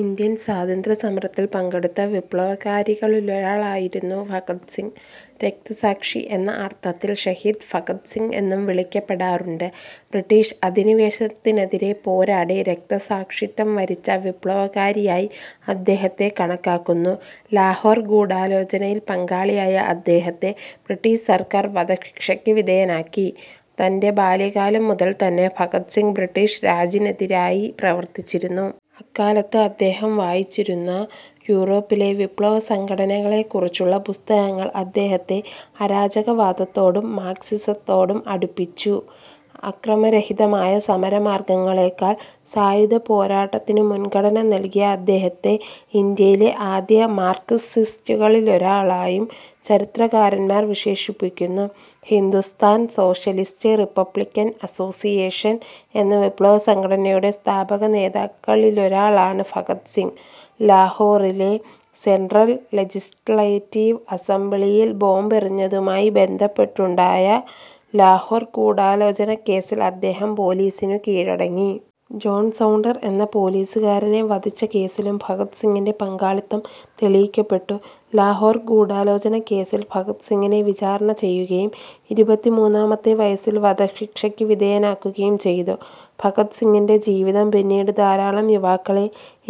Indian സ്വാതന്ത്ര്യ സമരത്തിൽ പങ്കെടുത്ത വിപ്ലവകാരികളിലൊരാളായിരുന്നു ഭഗത് സിംഗ്. രക്തസാക്ഷി എന്ന അർത്ഥത്തിൽ ശഹീദ് ഭഗത് സിങ് എന്നും വിളിക്കപ്പെടാറുണ്ട്. ബ്രിട്ടീഷ് അധിനിവേശത്തിനെതിരെ പോരാടി രക്തസാക്ഷിത്വം വരിച്ച വിപ്ലവകാരിയായി അദ്ദേഹത്തെ കണക്കാക്കുന്നു. ലാഹോർ ഗൂഢാലോചനയിൽ പങ്കാളിയായ അദ്ദേഹത്തെ ബ്രിട്ടീഷ് സർക്കാർ വധശിക്ഷക്ക് വിധേയനാക്കി. തന്റെ ബാല്യകാലം മുതൽതന്നെ ഭഗത് സിംഗ്, ബ്രിട്ടീഷ് രാജിനെതിരായി പ്രവർത്തിച്ചിരുന്നു. അക്കാലത്ത് അദ്ദേഹം വായിച്ചിരുന്ന യൂറോപിലെ വിപ്ലവ സംഘടനകളെക്കുറിച്ചുള്ള പുസ്തകങ്ങൾ അദ്ദേഹത്തെ അരാജകവാദത്തോടും മാർക്സിസത്തോടും അടുപ്പിച്ചു. അക്രമരഹിതമായ സമരമാർഗങ്ങളേക്കാൾ സായുധപോരാട്ടത്തിനു മുൻഗണന നൽകിയ അദ്ദേഹത്തെ ഇന്ത്യയിലെ ആദ്യ മാർക്സിസ്റ്റുകളിലൊരാളായും ചരിത്രകാരന്മാർ വിശേഷിപ്പിക്കുന്നു. ഹിന്ദുസ്ഥാൻ സോഷ്യലിസ്റ്റ് റിപ്പബ്ലിക്കൻ അസ്സോസ്സിയേഷൻ എന്ന വിപ്ലവസംഘടനയുടെ സ്ഥാപകനേതാക്കളിലൊരാളാണ് ഭഗത് സിംഗ്. ലാഹോറിലെ സെൻട്രൽ ലെജിസ്ലേറ്റീവ് അസംബ്ലിയിൽ ബോംബെറിഞ്ഞതുമായി ബന്ധപ്പെട്ടുണ്ടായ ലാഹോർ ഗൂഢാലോചനക്കേസിൽ അദ്ദേഹം പോലീസിനു കീഴടങ്ങി. ജോൺ സൗണ്ടർ എന്ന പോലീസുകാരനെ വധിച്ച കേസിലും ഭഗത് സിംഗിന്റെ പങ്കാളിത്തം തെളിയിക്കപ്പെട്ടു. ലാഹോർ ഗൂഢാലോചനാ കേസ്സിൽ ഭഗത് സിംഗിനെ വിചാരണ ചെയ്യുകയും ഇരുപത്തിമൂന്നാമത്തെ വയസ്സിൽ വധശിക്ഷക്കു വിധേയനാക്കുകയും ചെയ്തു. ഭഗത് സിംഗിന്റെ ജീവിതം പിന്നീട് ധാരാളം യുവാക്കളെ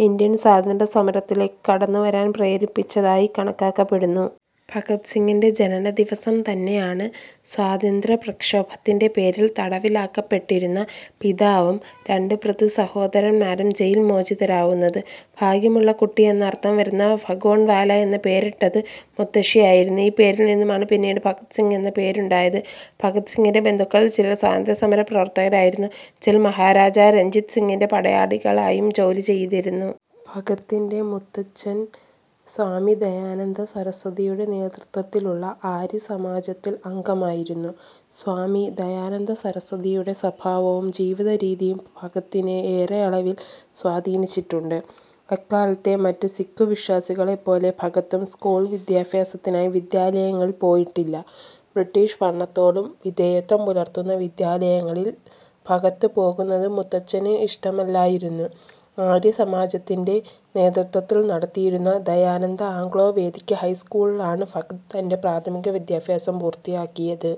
ഇന്ത്യൻ സ്വാതന്ത്ര്യസമരത്തിലേക്ക് കടന്നുവരാൻ പ്രേരിപ്പിച്ചതായി കണക്കാക്കപ്പെടുന്നു. ഭഗത് സിംഗിന്റെ ജനനദിവസം തന്നെയാണ് സ്വാതന്ത്ര്യപ്രക്ഷോഭത്തിന്റെ പേരിൽ തടവിലാക്കപ്പെട്ടിരുന്ന പിതാവും രണ്ട് പിതൃസഹോദരന്മാരും ജയിൽമോചിതരാവുന്നത്. ഭാഗ്യമുള്ള കുട്ടി എന്നർത്ഥം വരുന്ന ഭഗോൺവാല എന്ന പേരിട്ടത് മുത്തശ്ശിയായിരുന്നു. ഈ പേരിൽ നിന്നുമാണ് പിന്നീട് ഭഗത് സിംഗ് എന്ന പേരുണ്ടായത്. ഭഗത് സിംഗിന്റെ ബന്ധുക്കളിൽ ചിലർ സ്വാതന്ത്ര്യസമരപ്രവർത്തകരായിരുന്നു, ചിലർ മഹാരാജാ രഞ്ജിത് സിങ്ങിന്റെ പടയാളികളായും ജോലി ചെയ്തിരുന്നു. ഭഗത്തിന്റെ മുത്തച്ഛൻ, സ്വാമി ദയാനന്ദസരസ്വതിയുടെ നേതൃത്വത്തിലുള്ള ആര്യസമാജത്തിൽ അംഗമായിരുന്നു. സ്വാമി ദയാനന്ദസരസ്വതിയുടെ സ്വഭാവവും ജീവിതരീതിയും ഭഗത്തിനെ ഏറെയളവിൽ സ്വാധീനിച്ചിട്ടുണ്ട്. അക്കാലത്തെ മറ്റു സിഖു വിശ്വാസികളെപ്പോലെ ഭഗത്തും സ്കൂൾ വിദ്യാഭ്യാസത്തിനായി വിദ്യാലയങ്ങളിൽ പോയിട്ടില്ല. ബ്രിട്ടീഷ് ഭരണത്തോടു വിധേയത്വം പുലർത്തുന്ന വിദ്യാലയങ്ങളിൽ ഭഗത്ത് പോകുന്നത് മുത്തച്ഛന് ഇഷ്ടമല്ലായിരുന്നു. ആര്യസമാജത്തിന്റെ നേതൃത്വത്തിൽ നടത്തിയിരുന്ന ദയാനന്ദ ആംഗ്ലോ വേദിക്ക് ഹൈസ്കൂളിലാണ് ഭഗത് തന്റെ പ്രാഥമിക വിദ്യാഭ്യാസം പൂർത്തിയാക്കിയത്.